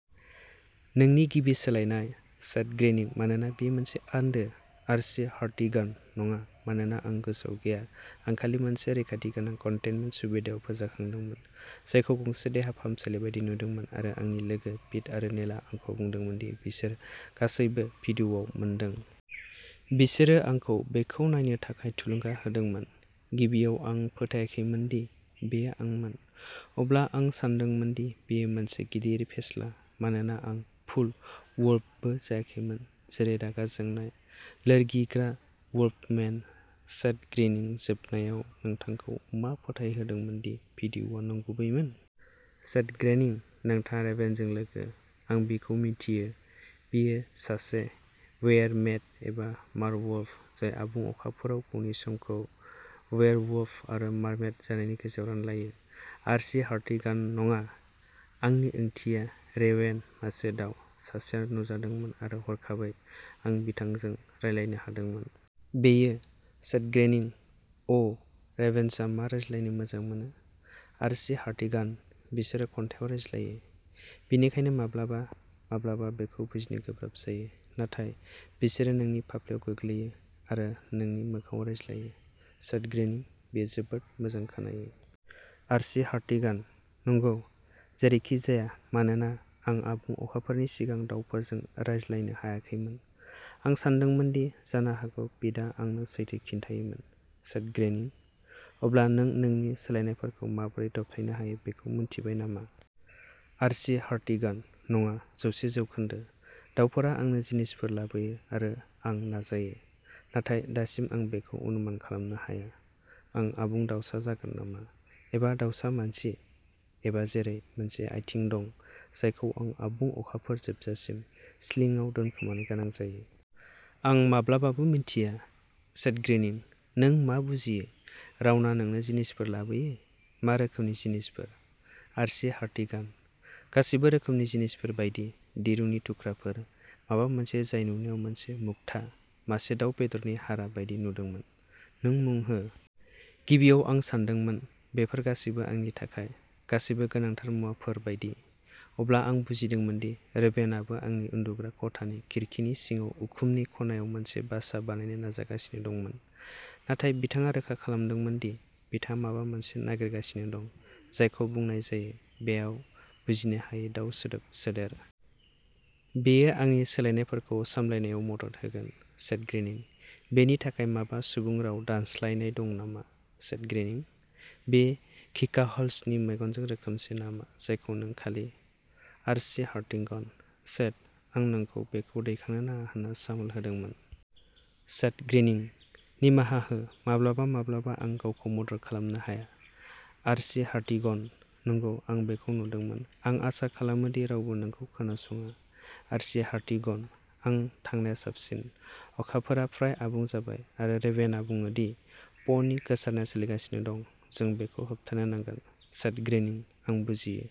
नोंनि गिबि सोलायनाय? सेथ ग्रिनिंः मानोना बेयो मोनसे आन्दो? आर्ची हार्टिगानः नङा, मानोना आं गोसोआव गैया। आं खालि मोनसे रैखाथि गोनां कन्टेइनमेन्ट सुबिदायाव फोजाखांदोंमोन, जायखौ गंसे देहा फाहामसालि बायदि नुदोंमोन आरो आंनि लोगो पिट आरो नेलआ आंखौ बुंदोंमोन दि बिसोर गासैबो भिडिअ'आव मोनदों। बिसोरो आंखौ बेखौ नायनो थाखाय थुलुंगा होदोंमोन। गिबियाव आं फोथायाखैमोन दि बेयो आंमोन। अब्ला आं सानदोंमोन दि बेयो मोनसे गिदिर फेस्ला मानोना आं फुल वुल्फबो जायाखैमोन, जेरै रागा जोंनाय, लोरगिग्रा वुल्फ-मेन। सेथ ग्रिनिंः जोबनायाव नोंथांखौ मा फोथायहोदोंमोन दि भिडिअ'आ नंगुबैमोन? सेथ ग्रिनिंः नोंथाङा रेभेनजों लोगो? आं बिखौ मिथियो! बियो सासे वेयर-मेड? एबा मार-वुल्फ जाय आबुं अखाफोराव गावनि समखौ वेयरवुल्फ आरो मार्मेड जानायनि गेजेराव रानलायो? आर्ची हार्टिगानः नङा, आंनि ओंथिया रेवेन, मासे दाउ। सासेआ नुजादोंमोन आरो हरखाबै आं बिथांजों रायज्लायनो हादोंमोन। बेयो। सेथ ग्रिनिंः अ रेभेन्सआ मा रायज्लायनो मोजां मोनो? आर्ची हार्टिगानः बिसोर खन्थाइआव रायज्लायो, बेनिखायनो माब्लाबा माब्लाबा बेखौ बुजिनो गोब्राब जायो। नाथाय बिसोरो नोंनि फाफ्लिआव गोग्लैयो आरो नोंनि खोमाङाव रायज्लायो। सेथ ग्रीनिंः बेयो जोबोद मोजां खोनायो। आर्ची हार्टिगानः नंगौ। जेरैखिजाया, मानोना आं आबुं अखाफोरनि सिगां दाउफोरजों रायज्लायनो हायाखैमोन, आं सानदोंमोन दि जानो हागौ पिटआ आंनो सैथो खिन्थायोमोन। सेथ ग्रीनिंः अब्ला नों नोंनि सोलायनायफोरखौ माबोरै दबथायनो हायो बेखौ मिन्थिबाय नामा? आर्ची हार्टिगानः नङा जौसे जौखोन्दो, दाउफोरा आंनो जिनिसफोर लाबोयो आरो आं नाजायो नाथाय दासिम आं बेखौ अनुमान खालामनो हाया। आं आबुं दाउसा जागोन नामा? एबा दाउसा मानसि? एबा जेरै, मोनसे आथिं दं जायखौ आं आबुं अखाफोर जोबजासिम स्लिंआव दोनखोमानो गोनां जायो? आं माब्लाबाबो मिन्थिया। सेथ ग्रीनिंः नों मा बुजियो रावना नोंनो जिनिसफोर लाबोयो? मा रोखोमनि जिनिसफोर? आर्ची हार्टिगानः गासैबो रोखोमनि जिनिसफोर बायदि। दिरुंनि थुख्राफोर, माबा मोनसे जाय नुनायाव मोनसे मुक्ता, मासे दाव बेदरनि हारा बायदि नुदोंमोन, नों मुं हो। गिबियाव आं सानदोंमोन बेफोर गासैबो आंनि थाखाय, गासैबो गोनांथार मुवाफोर बायदि। अब्ला आं बुजिदोंमोन दि रेभेनआबो आंनि उन्दुग्रा खथानि खिरखिनि सिङाव उखुमनि खनायाव मोनसे बासा बानायनो नाजागासिनो दंमोन। नाथाय बिथाङा रोखा खालामदोंमोन दि बिथाङा माबा मोनसे नागिरगासिनो दं जायखौ बुंनाय जायो बेयाव बुजिनो हायै दाउ सोदोब सोदेर। बेयो आंनि सोलायनायफोरखौ सामलायनायाव मदद होगोन। सेथ ग्रीनिंः बेनि थाखाय माबा सुबुं राव दानस्लायनाय दं नामा? सेथ ग्रीनिंः बेयो घिकाह'लसनि मेगनजों रोखोमसे नामा जायखौ नों खालि... आर्ची हार्टिगनः सेथ आं नोंखौ बेखौ दैखांनो नाङा होनना सामोल होदोंमोन। सेथ ग्रीनिंः निमाहा हो। माब्लाबा माब्लाबा आं गावखौ मदद खालामनो हाया। आर्ची हार्टिगनः नंगौ। आं बेखौ नुदोंमोन। आं आसा खालामो दि रावबो नोंखौ खोनासङा। आर्ची हार्टिगनः आं थांनाया साबसिन। अखाफोरा फ्राय आबुं जाबाय आरो रेभेनआ बुङो दि प'नि गोसारनाया सोलिगासिनो दं। जों बेखौ होबथानो नांगोन। सेथ ग्रीनिंः आं बुजियो।